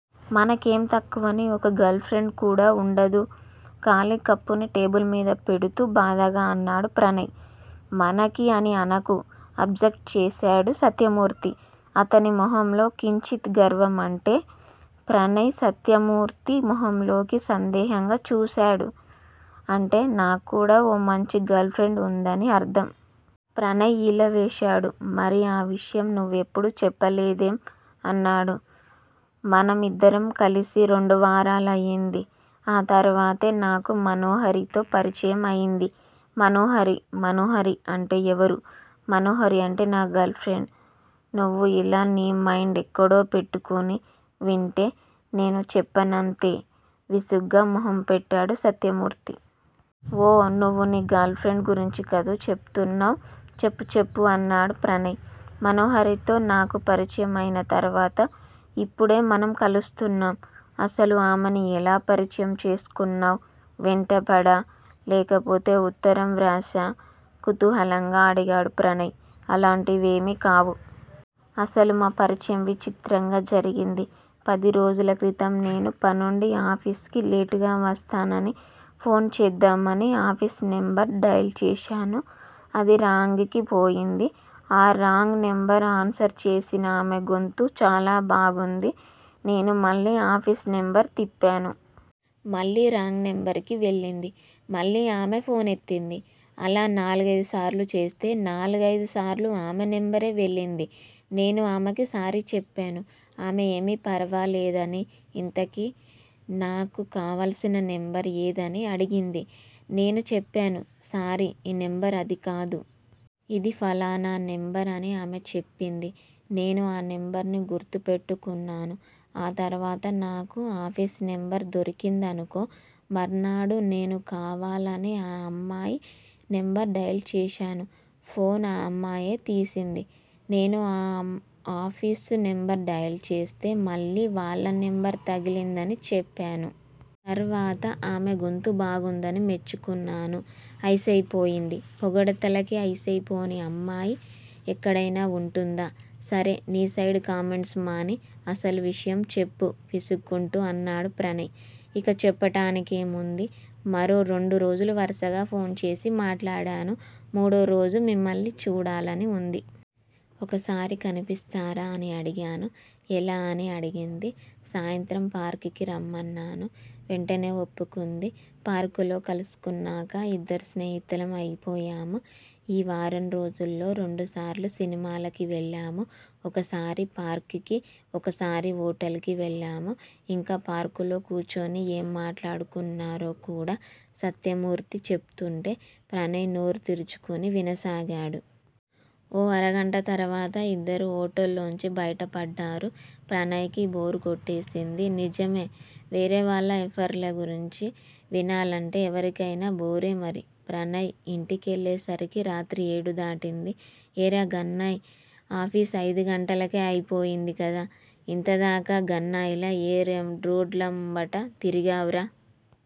మనకేం తక్కువని ఒక్క గర్ల్ ఫ్రెండ్ కూడా వుండదు ఖాళీ కప్పుని టేబుల్ మీద పెడుతూ బాధగా అన్నాడు ప్రణయ్. మనకి అని అనకు అబ్జక్ట్ చేశాడు సత్యమూర్తి. అతని మొహంలో కించిత్ గర్వం. అంటే? ప్రణయ్ సత్యమూర్తి మొహంలోకి సందేహంగా చూశాడు. అంటే నాక్కూడా ఓ మంచి గర్ల్ ఫ్రెండ్ వుందని అర్ధం. ప్రణయ్ ఈల వేశాడు. మరి ఆ విషయం నువ్వు ఎప్పుడూ చెప్పలేదేం? అన్నాడు. మనం ఇద్దరం కలిసి రెండు వారాలు అయింది. ఆ తర్వాతే నాకు మనోహరితో పరిచయం అయ్యింది. మనోహరి! మనోహరి అంటే ఎవరు? మనోహరి అంటే నా గర్ల్ ఫ్రెండ్. నువ్వు ఇలా నీ మైండెక్కడో పెట్టుకుని వింటే నేను చెప్పనంతే విసుగ్గా మొహంపెట్టాడు సత్యమూర్తి. ఓ నువ్వు నీ గర్ల్ ఫ్రెండ్ గురించి కదూ చెప్తున్నావ్? చెప్పు, చెప్పు అన్నాడు ప్రణయ్. మనోహరితో నాకు పరిచయం అయిన తరువాత ఇప్పుడే మనం కలుస్తున్నాం. అసలు ఆమెని ఎలా పరిచయం చేసుకున్నావ్? వెంటపడా? లేకపోతే ఉత్తరం వ్రాశా? కుతూహలంగా అడిగాడు ప్రణయ్. అలాంటివేమీ కావు. అసలు మా పరిచయం విచిత్రంగా జరిగింది. పదిరోజుల క్రితం నేను పనుండి ఆఫీసుకి లేటుగా వస్తానని ఫోన్ చేద్దామని ఆఫీసు నెంబర్ డయల్ చేశాను. అది రాంగ్ కి పోయింది. ఆ రాంగ్ నెంబర్ ఆన్సర్ చేసినామె గొంతు చాలా బాగుంది. నేను మళ్ళీ ఆఫీసు నెంబరు తిప్పాను. మళ్ళీ రాంగ్ నెంబర్ కి వెళ్ళింది. మళ్ళీ ఆమే ఫోన్ ఎత్తింది అలా నాలుగైదుసార్లు చేస్తే నాలుగైదుసార్లూ ఆమె నెంబరే వెళ్ళింది. నేను ఆమెకి సారీ చెప్పాను. ఆమె ఏమీ పరవాలేదని ఇంతకీ నాకు కావాల్సిన నంబర్ ఏదని అడిగింది. నేను చెప్పాను. సారీ ఈ నెంబర్ అది కాదు. ఇది ఫలానా నెంబర్ అని ఆమె చెప్పింది. నేను ఆ నెంబర్ ని గుర్తుపెట్టుకున్నాను ఆ తరువాత నాకు ఆఫీసు నెంబర్ దొరికిందనుకో మర్నాడు నేను కావాలని ఆ అమ్మాయి నెంబర్ డయల్ చేశాను. ఫోన్ ఆ అమ్మాయే తీసింది. నేను ఆఫీసు నెంబర్ డయల్ చేస్తే మళ్ళీ వాళ్ళ నెంబర్ తగిలిందని చెప్పాను. తరువాత ఆమె గొంతు బాగుందని మెచ్చుకున్నాను. అయిసయిపోయింది. పొగడ్తలకి అయిసయిపోని అమ్మాయి ఎక్కడైనా వుంటుందా? సరే నీ సైడ్ కామెంట్స్ మాని అసలు విషయం చెప్పు విసుక్కుంటూ అన్నాడు ప్రణయ్. ఇంక చెప్పడానికేముంది? మరో రెండు రోజులు వర్సగా ఫోన్ చేసి మాట్లాడాను. మూడోరోజు మిమ్మల్ని చూడాలని వుంది. ఓసారి కనిపిస్తారా అని అడిగాను. ఎలా అని అడిగింది. సాయంత్రం పార్క్ కి రమ్మన్నాను. వెంటనే ఒప్పుకుంది. పార్క్ లో కలుసుకున్నాక ఇద్దరం స్నేహితులం అయిపోయాం. ఈ వారం రోజుల్లో రెండుసార్లు సినిమాలకి వెళ్ళాం ఒకసారి పార్క్ కి, ఒకసారి హోటల్ కి వెళ్ళాం. ఇంకా పార్క్ లో కూర్చుని ఏమేం మాట్లాడుకున్నారో కూడా సత్యమూర్తి చెప్తుంటే ప్రణయ్ నోరు తెరుచుకుని వినసాగాడు. ఓ అరగంట తరువాత ఇద్దరూ హోటల్ లోంచి బయటపడ్డారు. ప్రణయ్ కి బోర్ కొట్టేసింది. నిజమే వేరేవాళ్ళ ఎఫైర్స్గురించి వినాలంటే ఎవరికయినా బోరేమరి. ప్రణయ్ ఇంటికెళ్ళేసరికి రాత్రి ఏడు దాటింది. ఏరా గన్నాయ్! ఆఫీసు అయిదు గంటలకే అయిపోయిందికదా? ఇంతదాకా గన్నాయ్ లా ఏ రోడ్లమ్మట తిరిగావ్ రా?